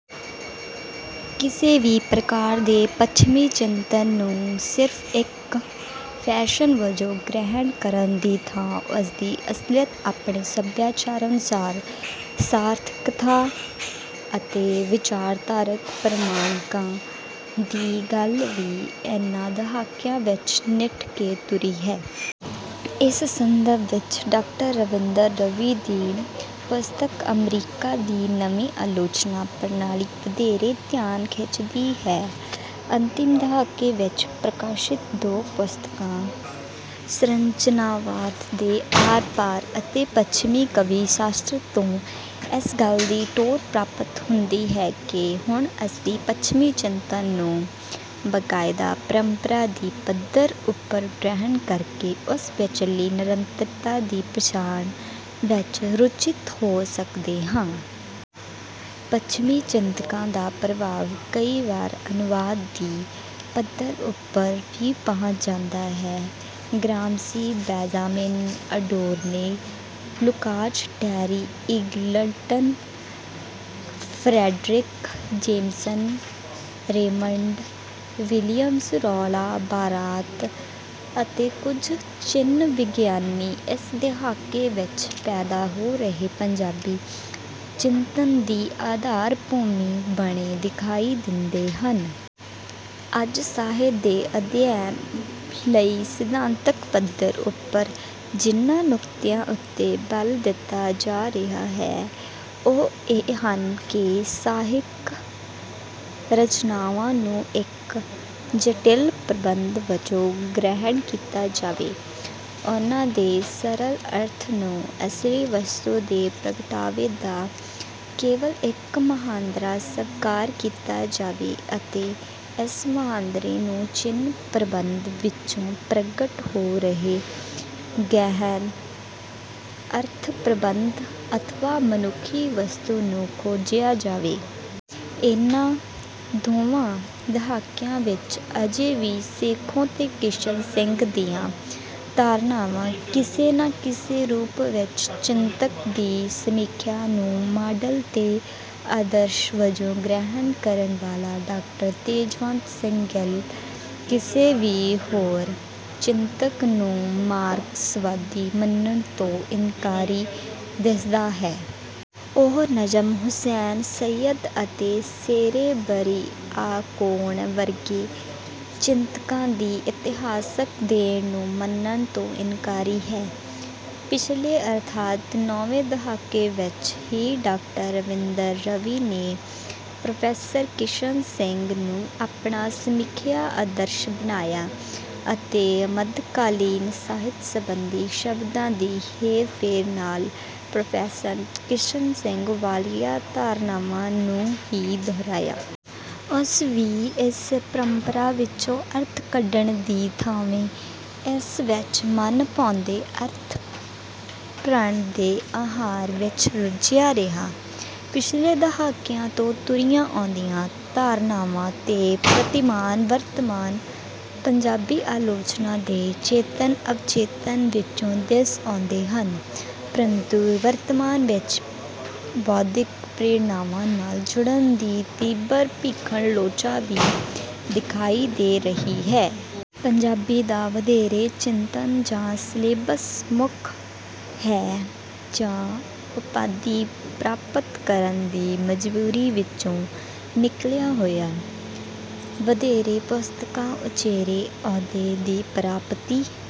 ਕਿਸੇ ਵੀ ਪ੍ਰਕਾਰ ਦੇ ਪੱਛਮੀ ਚਿੰਤਨ ਨੂੰ ਸਿਰਫ ਇੱਕ ਫੈਸਨ ਵਜੋਂ ਗ੍ਰਹਿਣ ਕਰਨ ਦੀ ਥਾਂ ਉਸਦੀ ਅਸਲੀਅਤ ਆਪਣੇ ਸਭਿਆਚਾਰ ਅਨੁਸਾਰ ਸਾਰਥਕਤਾ ਅਤੇ ਵਿਚਾਰਧਾਰਕ ਪ੍ਰਮਾਣਕਤਾ ਦੀ ਗੱਲ ਵੀ ਇਨ੍ਹਾਂ ਦਹਾਕਿਆਂ ਵਿੱਚ ਨਿੱਠ ਕੇ ਤੁਰੀ ਹੈ। ਇਸ ਸੰਦਰਭ ਵਿੱਚ ਡਾਕਟਰ ਰਵਿੰਦਰ ਰਵੀ ਦੀ ਪੁਸਤਕ ਅਮਰੀਕਾ ਦੀ ਨਵੀਂ ਆਲੋਚਨਾ ਪ੍ਰਣਾਲੀ ਵਧੇਰੇ ਧਿਆਨ ਖਿੱਚਦੀ ਹੈ। ਅੰਤਿਮ ਦਹਾਕੇ ਵਿੱਚ ਪ੍ਰਕਾਸ਼ਿਤ ਦੋ ਪੁਸਤਕਾਂ ਸੰਰਚਨਾਵਾਦ ਦੇ ਆਰ ਪਾਰ ਅਤੇ ਪੱਛਮੀ ਕਾਵਿ ਸ਼ਾਸਤਰ ਤੋਂ ਇਸ ਗੱਲ ਦੀ ਟੋਰ ਪ੍ਰਾਪਤ ਹੁੰਦੀ ਹੈ ਕਿ ਹੁਣ ਅਸੀਂ ਪੱਛਮੀ ਚਿੰਤਨ ਨੂੰ ਬਕਾਇਦਾ ਪਰੰਪਰਾ ਦੀ ਪੱਧਰ ਉੱਪਰ ਗ੍ਰਹਿਣ ਕਰਕੇ ਉਸ ਵਿੱਚਲੀ ਨਿਰੰਤਰਤਾ ਦੀ ਪਛਾਣ ਵਿੱਚ ਰੁਚਿਤ ਹੋ ਰਹੇ ਹਾਂ। ਪੱਛਮੀ ਚਿੰਤਕਾਂ ਦਾ ਪ੍ਰਭਾਵ ਕਈ ਵਾਰ ਅਨੁਵਾਦ ਦੀ ਪੱਧਰ ਉੱਪਰ ਵੀ ਪਹੁੰਚ ਜਾਂਦਾ ਹੈ। Gramsci Benjamin Adorno Lukacs Terry Eagleton Fredric Jameson Raymond Williams Roland Barthes ਅਤੇ ਕੁਝ ਚਿੰਨ੍ਹ ਵਿਗਿਆਨੀ ਇਸ ਦਹਾਕੇ ਵਿੱਚ ਪੈਦਾ ਹੋ ਰਹੇ ਪੰਜਾਬੀ ਚਿੰਤਨ ਦੀ ਆਧਾਰ ਭੂਮੀ ਬਣੇ ਦਿਖਾਈ ਦਿੰਦੇ ਹਨ। ਅੱਜ ਸਾਹਿਤ ਦੇ ਅਧਿਐਨ ਲਈ ਸਿਧਾਂਤਕ ਪੱਧਰ ਉੱਪਰ ਜਿਨ੍ਹਾਂ ਨੁਕਤਿਆਂ ਉੱਤੇ ਬਲ ਦਿੱਤਾ ਜਾ ਰਿਹਾ ਹੈ ਉਹ ਇਹ ਹਨ ਕਿ ਸਾਹਿਤ ਰਚਨਾਵਾਂ ਨੂੰ ਇੱਕ ਜਟਿਲ ਪ੍ਰਬੰਧ ਵਜੋਂ ਗ੍ਰਹਿਣ ਕੀਤਾ ਜਾਵੇ ਉਨ੍ਹਾਂ ਦੇ ਸਰਲ ਅਰਥ ਨੂੰ ਅਸਲੀ ਵਸਤੂ ਦੇ ਪ੍ਰਗਟਾਵੇ ਦਾ ਕੇਵਲ ਇੱਕ ਮੁਹਾਂਦਰਾ ਸਵੀਕਾਰ ਕੀਤਾ ਜਾਵੇ ਅਤੇ ਇਸ ਮੁਹਾਂਦਰੇ ਨੂੰ ਚਿੰਨ੍ਹਾਂ ਪ੍ਰਬੰਧ ਵਿੱਚੋਂ ਪ੍ਰਗਟ ਹੋ ਰਹੇ ਗਹਿਨ ਅਰਥ ਪ੍ਰਬੰਧ ਅਥਵਾ ਮਨੁੱਖੀ ਵਸਤੂ ਨੂੰ ਖੋਜਿਆ ਜਾਵੇ। ਇਨ੍ਹਾਂ ਦੋਵਾਂ ਦਹਾਕਿਆਂ ਵਿੱਚ ਅਜੇ ਵੀ ਸੇਖੋਂ ਤੇ ਕਿਸ਼ਨ ਸਿੰਘ ਦੀਆਂ ਧਾਰਨਾਵਾਂ ਕਿਸੇ ਨਾ ਕਿਸੇ ਰੂਪ ਵਿੱਚ ਚਿੰਤਕ ਦੀ ਸਮੀਖਿਆ ਨੂੰ ਮਾਡਲ ਤੇ ਆਦਰਸ਼ ਵਜੋਂ ਗ੍ਰਹਿਣ ਕਰਨ ਵਾਲਾ ਡਾਕਟਰ ਤੇਜਵੰਤ ਸਿੰਘ ਗਿੱਲ ਕਿਸੇ ਵੀ ਹੋਰ ਚਿੰਤਕ ਨੂੰ ਮਾਰਕਸਵਾਦੀ ਮੰਨਣ ਤੋਂ ਇਨਕਾਰੀ ਦਿੱਸਦਾ ਹੈ। ਉਹ ਨਜ਼ਮ ਹੁਸੈਨ ਸੱਯਦ ਅਤੇ ਸੇਰੇਬਰੀਆਕੋਣ ਵਰਗੇ ਚਿੰਤਕਾਂ ਦੀ ਇਤਿਹਾਸਕ ਦੇਣ ਨੂੰ ਮੰਨਣ ਤੋਂ ਇਨਕਾਰੀ ਹੈ। ਪਿਛਲੇ ਅਰਥਾਤ ਨੌਵੇਂ ਦਹਾਕੇ ਵਿੱਚ ਹੀ ਡਾਕਟਰ ਰਵਿੰਦਰ ਰਵੀ ਨੇ ਪ੍ਰੋਫੈਸਰ ਕਿਸ਼ਨ ਸਿੰਘ ਨੂੰ ਆਪਣਾ ਸਮੀਖਿਆ ਆਦਰਸ਼ ਬਣਾਇਆ ਅਤੇ ਮੱਧਕਾਲੀਨ ਸਾਹਿਤ ਸੰਬੰਧੀ ਸ਼ਬਦਾਂ ਦੀ ਹੇਰ ਫੇਰ ਨਾਲ ਪ੍ਰੋਫੈਸਰ ਕਿਸ਼ਨ ਸਿੰਘ ਵਾਲੀਆਂ ਧਾਰਨਾਵਾਂ ਨੂੰ ਹੀ ਦੁਹਰਾਇਆ। ਉਸ ਵੀ ਇਸ ਪਰੰਪਰਾ ਵਿੱਚੋਂ ਅਰਥ ਕੱਢਣ ਦੀ ਥਾਵੇਂ ਇਸ ਵਿੱਚ ਮਨਭਾਉਂਦੇ ਅਰਥ ਭਰਣ ਦੇ ਆਹਾਰ ਵਿੱਚ ਰੁੱਝਿਆ ਰਿਹਾ। ਪਿਛਲੇ ਦਹਾਕਿਆਂ ਤੋਂ ਤੁਰੀਆਂ ਆਉਂਦੀਆਂ ਧਾਰਨਾਵਾਂ ਤੇ ਪ੍ਰਤੀਮਾਨ ਵਰਤਮਾਨ ਪੰਜਾਬੀ ਆਲੋਚਨਾ ਦੇ ਚੇਤਨ ਅਵਚੇਤਨ ਵਿੱਚੋਂ ਦਿੱਸ ਆਉਂਦੇ ਹਨ ਪਰੰਤੂ ਵਰਤਮਾਨ ਵਿੱਚ ਬੌਧਿਕ ਪ੍ਰੇਰਨਾਵਾਂ ਨਾਲ ਜੁੜਨ ਦੀ ਤੀਬਰ ਭੀਖਣ ਲੋਚਾ ਵੀ ਦਿਖਾਈ ਦੇ ਰਹੀ ਹੈ। ਪੰਜਾਬੀ ਦਾ ਵਧੇਰੇ ਚਿੰਤਨ ਜਾਂ ਸਲੇਬਸ ਮੁੱਖ ਹੈ ਜਾਂ ਉਪਾਧੀ ਪ੍ਰਾਪਤ ਕਰਨ ਦੀ ਮਜ਼ਬੂਰੀ ਵਿੱਚੋਂ ਨਿਕਲਿਆ ਹੋਇਆ। ਵਧੇਰੇ ਪੁਸਤਕਾਂ ਉਚੇਰੇ ਅਹੁਦੇ ਦੀ ਪ੍ਰਾਪਤੀ